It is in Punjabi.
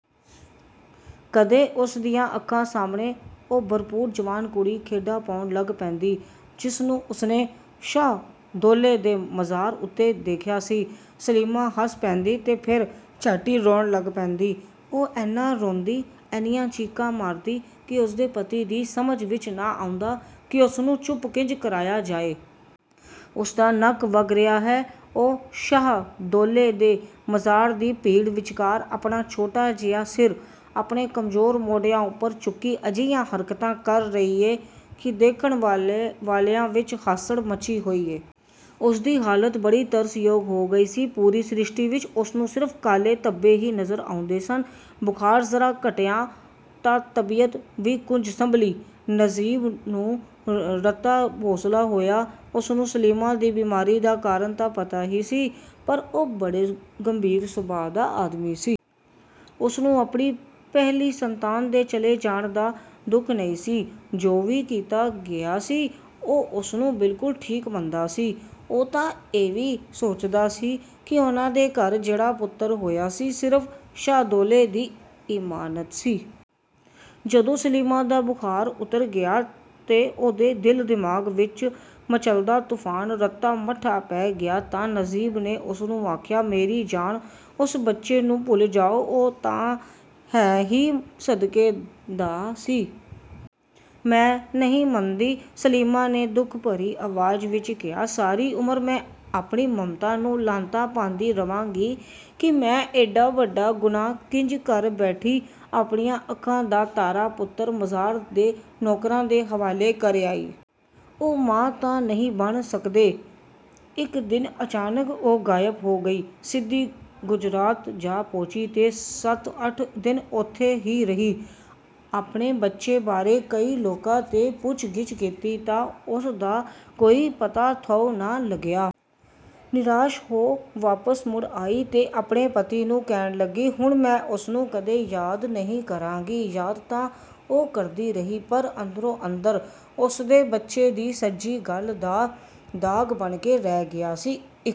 ਕਦੇ ਉਸਦੀਆਂ ਅੱਖਾਂ ਸਾਹਮਣੇ ਉਹ ਭਰਪੂਰ ਜਵਾਨ ਕੁੜੀ ਖੇਡਾ ਪਾਉਣ ਲੱਗ ਪੈਂਦੀ, ਜਿਸਨੂੰ ਉਸਨੇ ਸ਼ਾਹਦੌਲੇ ਦੇ ਮਜ਼ਾਰ ਉੱਤੇ ਦੇਖਿਆ ਸੀ। ਸਲੀਮਾ ਹੱਸ ਪੈਂਦੀ ਤੇ ਫੇਰ ਝੱਟ ਹੀ ਰੋਣ ਲੱਗ ਪੈਂਦੀ। ਉਹ ਏਨਾ ਰੋਂਦੀ, ਏਨੀਆਂ ਚੀਕਾਂ ਮਾਰਦੀ ਕਿ ਉਸਦੇ ਪਤੀ ਦੀ ਸਮਝ ਵਿਚ ਨਾ ਆਉਂਦਾ ਕਿ ਉਸਨੂੰ ਚੁੱਪ ਕਿੰਜ ਕਰਾਇਆ ਜਾਏ। ਉਸਦਾ ਨੱਕ ਵਗ ਰਿਹਾ ਏ। ਉਹ ਸ਼ਾਹਦੌਲੇ ਦੇ ਮਜ਼ਾਰ ਦੀ ਭੀੜ ਵਿਚਕਾਰ, ਆਪਣਾ ਛੋਟਾ ਜਿਹਾ ਸਿਰ, ਆਪਣੇ ਕਮਜ਼ੋਰ ਮੋਢਿਆਂ ਉਪਰ ਚੁੱਕੀ, ਅਜਿਹੀਆਂ ਹਰਕਤਾਂ ਕਰ ਰਹੀ ਏ ਕਿ ਦੇਖਣ ਵਾਲਿਆਂ ਵਿਚ ਹਾਸੜ ਮੱਚੀ ਹੋਈ ਏ। ਉਸਦੀ ਹਾਲਤ ਬੜੀ ਤਰਸ ਯੋਗ ਹੋ ਗਈ ਸੀ। ਪੂਰੀ ਸਰਿਸ਼ਟੀ ਵਿਚ ਉਸਨੂੰ ਸਿਰਫ ਕਾਲੇ ਧੱਬੇ ਹੀ ਨਜ਼ਰ ਆਉਂਦੇ ਸਨ। ਬੁਖਾਰ ਜ਼ਰਾ ਘਟਿਆ ਤਾਂ ਤਬੀਅਤ ਵੀ ਕੁਝ ਸੰਭਲੀ। ਨਜ਼ੀਬ ਨੂੰ ਰਤਾ ਹੌਸਲਾ ਹੋਇਆ। ਉਸਨੂੰ ਸਲੀਮਾ ਦੀ ਬਿਮਾਰੀ ਦਾ ਕਾਰਨ ਤਾਂ ਪਤਾ ਹੀ ਸੀ, ਪਰ ਉਹ ਬੜੇ ਗੰਭੀਰ ਸੁਭਾਅ ਦਾ ਆਦਮੀ ਸੀ। ਉਸਨੂੰ ਆਪਣੀ ਪਹਿਲੀ ਸੰਤਾਨ ਦੇ ਚਲੇ ਜਾਣ ਦਾ ਦੁੱਖ ਨਹੀਂ ਸੀ। ਜੋ ਵੀ ਕੀਤਾ ਗਿਆ ਸੀ, ਉਹ ਉਸਨੂੰ ਬਿਲਕੁਲ ਠੀਕ ਮੰਨਦਾ ਸੀ। ਉਹ ਤਾਂ ਇਹ ਵੀ ਸੋਚਦਾ ਸੀ ਕਿ ਉਹਨਾਂ ਦੇ ਘਰ ਜਿਹੜਾ ਪੁੱਤਰ ਹੋਇਆ ਸੀ ਸਿਰਫ ਸ਼ਾਹਦੌਲੇ ਦੀ ਇਮਾਨਤ ਸੀ। ਜਦੋਂ ਸਲੀਮਾ ਦਾ ਬੁਖਾਰ ਉਤਰ ਗਿਆ ਤੇ ਉਹਦੇ ਦਿਲ-ਦਿਮਾਗ਼ ਵਿਚ ਮਚਲਦਾ ਤੁਫ਼ਾਨ ਰਤਾ ਮੱਠਾ ਪੈ ਗਿਆ ਤਾਂ ਨਜ਼ੀਬ ਨੇ ਉਸਨੂੰ ਆਖਿਆ, ‘‘ਮੇਰੀ ਜਾਨ, ਉਸ ਬੱਚੇ ਨੂੰ ਭੁੱਲ ਜਾਓ। ਉਹ ਤਾਂ ਹੈ ਹੀ ਸਦਕੇ ਦਾ ਸੀ।’’ ‘‘ਮੈਂ ਨਹੀਂ ਮੰਨਦੀ,’’ ਸਲੀਮਾ ਨੇ ਦੁੱਖ ਭਰੀ ਆਵਾਜ਼ ਵਿਚ ਕਿਹਾ, ‘‘ਸਾਰੀ ਉਮਰ ਮੈਂ ਆਪਣੀ ਮਮਤਾ ਨੂੰ ਲਾਹਨਤਾਂ ਪਾਂਦੀ ਰਵਾਂਗੀ ਕਿ ਮੈਂ ਏਡਾ ਵੱਡਾ ਗੁਨਾਹ ਕਿੰਜ ਕਰ ਬੈਠੀ? ਆਪਣੀਆਂ ਅੱਖਾਂ ਦਾ ਤਾਰਾ ਪੁੱਤਰ ਮਜਾਰ ਦੇ ਨੌਕਰਾਂ ਦੇ ਹਵਾਲੇ ਕਰ ਆਈ। ਉਹ ਮਾਂ ਤਾਂ ਨਹੀਂ ਬਣ ਸਕਦੇ।’’ ਇਕ ਦਿਨ ਅਚਾਨਕ ਉਹ ਗਾਇਬ ਹੋ ਗਈ। ਸਿੱਧੀ ਗੁਜਰਾਤ ਜਾ ਪਹੁੰਚੀ ਤੇ ਸੱਤ ਅੱਠ ਦਿਨ ਉੱਥੇ ਹੀ ਰਹੀ। ਆਪਣੇ ਬੱਚੇ ਬਾਰੇ ਕਈ ਲੋਕਾਂ ਤੋਂ ਪੁੱਛ-ਗਿੱਛ ਕੀਤੀ, ਪਰ ਉਸਦਾ ਕੋਈ ਪਤਾ-ਥਹੁ ਨਾ ਲੱਗਿਆ। ਨਿਰਾਸ਼ ਹੋ ਵਾਪਸ ਮੁੜ ਆਈ ਤੇ ਆਪਣੇ ਪਤੀ ਨੂੰ ਕਹਿਣ ਲੱਗੀ, ਹੁਣ ਮੈਂ ਉਸਨੂੰ ਕਦੇ ਯਾਦ ਨਹੀਂ ਕਰਾਂਗੀ। ਯਾਦ ਤਾਂ ਉਹ ਕਰਦੀ ਰਹੀ ਪਰ ਅੰਦਰੇ-ਅੰਦਰ। ਉਸਦੇ ਬੱਚੇ ਦੀ ਸੱਜੀ ਗੱਲ੍ਹ ਦਾ ਦਾਗ਼ ਬਣ ਕੇ ਰਹਿ ਗਿਆ ਸੀ। ਇਕ